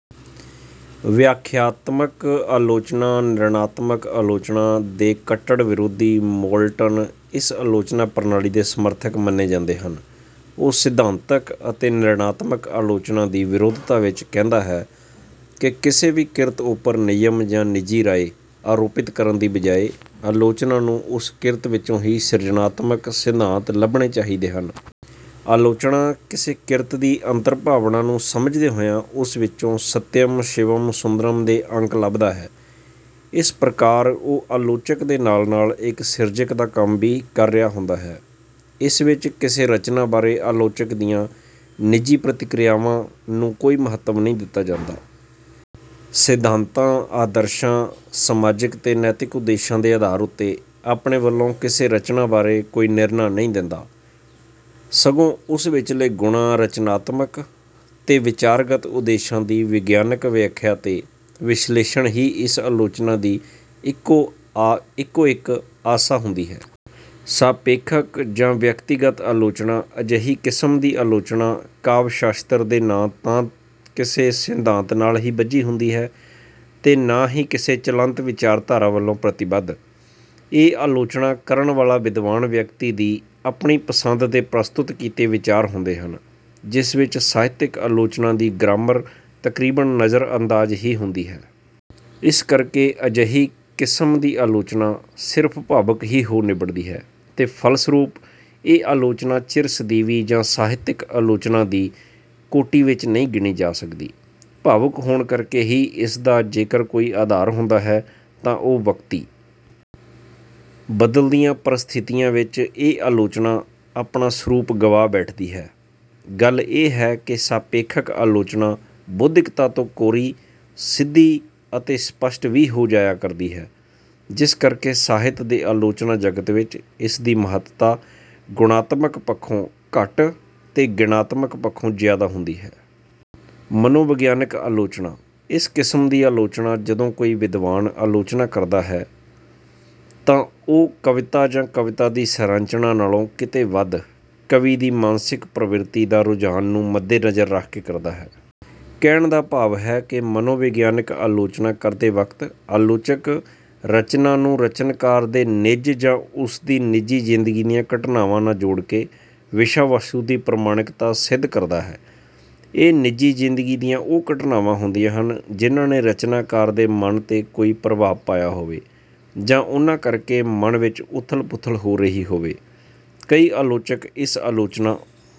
ਵਿਆਖਿਆਤਮਕ ਆਲੋਚਨਾ, ਨਿਰਣਾਤਮਕ ਆਲੋਚਨਾ ਦੇ ਕੱਟੜ ਵਿਰੋਧੀ ਮੌਲਟਨ ਇਸ ਆਲੋਚਨਾ ਪ੍ਰਣਾਲੀ ਦੇ ਸਮਰਥਕ ਮੰਨੇ ਜਾਂਦੇ ਹਨ। ਉਹ ਸਿਧਾਂਤਕ ਅਤੇ ਨਿਰਣਾਤਮਕ ਆਲੋਚਨਾ ਦੀ ਵਿਰੋਧਤਾ ਵਿੱਚ ਕਹਿੰਦਾ ਹੈ ਕਿ ਕਿਸੇ ਵੀ ਕਿਰਤ ਉੱਪਰ ਨਿਯਮ ਜਾਂ ਨਿੱਜੀ ਰਾਏ ਆਰੋਪਿਤ ਕਰਨ ਦੀ ਬਜਾਏ, ਆਲੋਚਨਾ ਨੂੰ ਉਸ ਕਿਰਤ ਵਿੱਚੋਂ ਹੀ ਸਿਰਜਣਾਤਮਕ ਸਿਧਾਂਤ ਲੱਭਣੇ ਚਾਹੀਦੇ ਹਨ। ਆਲੋਚਨਾ ਕਿਸੇ ਕਿਰਤ ਦੀ ਅੰਤਰ-ਭਾਵਨਾ ਨੂੰ ਸਮਝਦੇ ਹੋਇਆ, ਉਸ ਵਿੱਚੋਂ ਸਤਿਅਮ, ਸ਼ਿਵਮ, ਸੁੰਦਰਮ ਦੇ ਅੰਕ ਲੱਭਦਾ ਹੈ। ਇਸ ਪ੍ਰਕਾਰ ਉਹ ਆਲੋਚਕ ਦੇ ਨਾਲ-ਨਾਲ ਇੱਕ ਸਿਰਜਕ ਦਾ ਵੀ ਕੰਮ ਕਰ ਰਿਹਾ ਹੁੰਦਾ ਹੈ। ਇਸ ਵਿੱਚ ਕਿਸੇ ਰਚਨਾ ਬਾਰੇ ਆਲੋਚਕ ਦੀਆਂ ਨਿੱਜੀ ਪ੍ਰਤੀਕਿਰਿਆਵਾਂ ਨੂੰ ਕੋਈ ਮਹੱਤਵ ਨਹੀਂ ਦਿੱਤਾ ਜਾਂਦਾ। ਸਿਧਾਂਤਾਂ, ਆਦਰਸ਼ਾਂ, ਸਮਾਜਿਕ ਤੇ ਨੈਤਿਕ ਉਦੇਸ਼ਾਂ ਦੇ ਆਧਾਰ ਉੱਤੇ ਆਪਣੇ ਵੱਲੋਂ ਕਿਸੇ ਰਚਨਾ ਬਾਰੇ ਕੋਈ ਨਿਰਣਾ ਨਹੀਂ ਦਿੰਦਾ, ਸਗੋਂ ਉਸ ਵਿੱਚਲੇ ਗੁਣਾਂ, ਰਚਨਾਤਮਕ ਤੇ ਵਿਚਾਰਗਤ ਉਦੇਸ਼ਾਂ ਦੀ ਵਿਗਿਆਨਕ ਵਿਆਖਿਆ ਤੇ ਵਿਸ਼ਲੇਸ਼ਣ ਹੀ ਇਸ ਆਲੋਚਨਾ ਦੀ ਇੱਕੋ ਇੱਕ ਆਸਾ ਹੁੰਦੀ ਹੈ। ਸਾਪੇਖਕ ਜਾਂ ਵਿਅਕਤੀਗਤ ਆਲੋਚਨਾ ਅਜਿਹੀ ਕਿਸਮ ਦੀ ਆਲੋਚਨਾ ਕਾਵਿ-ਸ਼ਾਸਤਰ ਦੇ ਨਾ ਤਾਂ ਕਿਸੇ ਸਿਧਾਂਤ ਨਾਲ ਹੀ ਬੱਝੀ ਹੁੰਦੀ ਹੈ, ਤੇ ਨਾ ਹੀ ਕਿਸੇ ਚਲੰਤ ਵਿਚਾਰਧਾਰਾ ਵੱਲੋਂ ਪ੍ਰਤੀਬੱਧ। ਇਹ ਆਲੋਚਨਾ ਕਰਨ ਵਾਲਾ ਵਿਦਵਾਨ ਵਿਅਕਤੀ ਦੀ ਆਪਣੀ ਪਸੰਦ ਦੇ ਪ੍ਰਸਤੁਤ ਕੀਤੇ ਵਿਚਾਰ ਹੁੰਦੇ ਹਨ, ਜਿਸ ਵਿੱਚ ਸਾਹਿਤਕ ਆਲੋਚਨਾ ਦੀ ਗ੍ਰਾਮਰ ਤਕਰੀਬਨ ਨਜ਼ਰ-ਅੰਦਾਜ਼ ਹੀ ਹੁੰਦੀ ਹੈ। ਇਸ ਕਰਕੇ ਅਜਿਹੀ ਕਿਸਮ ਦੀ ਆਲੋਚਨਾ ਸਿਰਫ਼ ਭਾਵੁਕ ਹੀ ਹੋ ਨਿਬੜਦੀ ਹੈ, ਤੇ ਫਲਸਰੂਪ ਇਹ ਆਲੋਚਨਾ ਚਿਰ-ਸਦੀਵੀ ਜਾਂ ਸਾਹਿਤ ਆਲੋਚਨਾ ਦੀ ਕੋਟੀ ਵਿੱਚ ਨਹੀਂ ਗਿਣੀ ਜਾ ਸਕਦੀ। ਭਾਵੁਕ ਹੋਣ ਕਰਕੇ ਹੀ ਇਸਦਾ ਜੇਕਰ ਕੋਈ ਆਧਾਰ ਹੁੰਦਾ ਹੈ, ਤਾਂ ਉਹ ਵਕਤੀ। ਬਦਲਦੀਆਂ ਪਰਸਥਿਤੀਆਂ ਵਿੱਚ ਇਹ ਆਲੋਚਨਾ ਆਪਣਾ ਸਰੂਪ ਗਵਾ ਬੈਠਦੀ ਹੈ। ਗੱਲ ਇਹ ਹੈ ਕਿ ਸਾਪੇਖਕ ਆਲੋਚਨਾ ਬੌਧਿਕਤਾ ਤੋਂ ਕੋਰੀ, ਸਿੱਧੀ ਅਤੇ ਸਪੱਸ਼ਟ ਵੀ ਹੋ ਜਾਇਆ ਕਰਦੀ ਹੈ, ਜਿਸ ਕਰਕੇ ਸਾਹਿਤ ਦੇ ਆਲੋਚਨਾ ਜਗਤ ਵਿੱਚ ਇਸਦੀ ਮਹੱਤਤਾ ਗੁਣਾਤਮਕ ਪੱਖੋਂ ਘੱਟ ਅਤੇ ਗਿਣਾਤਮਕ ਪੱਖੋਂ ਜ਼ਿਆਦਾ ਹੁੰਦੀ ਹੈ। ਮਨੋਵਿਗਿਆਨਕ ਆਲੋਚਨਾ: ਇਸ ਕਿਸਮ ਦੀ ਆਲੋਚਨਾ ਜਦੋਂ ਕੋਈ ਵਿਦਵਾਨ ਆਲੋਚਨਾ ਕਰਦਾ ਹੈ, ਤਾਂ ਉਹ ਕਵਿਤਾ ਜਾਂ ਕਵਿਤਾ ਦੀ ਸੰਰਚਨਾ ਨਾਲੋਂ ਕਿਤੇ ਵੱਧ ਕਵੀ ਦੀ ਮਾਨਸਿਕ ਪ੍ਰਵਿਰਤੀ ਜਾਂ ਰੁਝਾਨ ਨੂੰ ਮੱਦੇਨਜ਼ਰ ਰੱਖ ਕੇ ਕਰਦਾ ਹੈ। ਕਹਿਣ ਦਾ ਭਾਵ ਹੈ ਕਿ ਮਨੋਵਿਗਿਆਨਕ ਆਲੋਚਨਾ ਕਰਦੇ ਵਕਤ ਆਲੋਚਕ ਰਚਨਾ ਨੂੰ ਰਚਨਾਕਾਰ ਦੇ ਨਿੱਜ ਜਾਂ ਉਸਦੀ ਨਿੱਜੀ ਜ਼ਿੰਦਗੀ ਦੀਆਂ ਘਟਨਾਵਾਂ ਨਾਲ ਜੋੜਕੇ ਵਿਸ਼ਾ-ਵਸਤੂ ਦੀ ਪ੍ਰਮਾਣਿਕਤਾ ਸਿੱਧ ਕਰਦਾ ਹੈ। ਇਹ ਨਿੱਜੀ ਜ਼ਿੰਦਗੀ ਦੀਆਂ ਉਹ ਘਟਨਾਵਾਂ ਹੁੰਦੀਆਂ ਹਨ ਜਿਨ੍ਹਾਂ ਨੇ ਰਚਨਾਕਾਰ ਦੇ ਮਨ 'ਤੇ ਕੋਈ ਪ੍ਰਭਾਵ ਪਾਇਆ ਹੋਵੇ, ਜਾਂ ਉਨ੍ਹਾਂ ਕਰਕੇ ਮਨ ਵਿੱਚ ਉੱਥਲ-ਪੁੱਥਲ ਹੋ ਰਹੀ ਹੋਵੇ। ਕਈ ਆਲੋਚਕ ਇਸ ਆਲੋਚਨਾ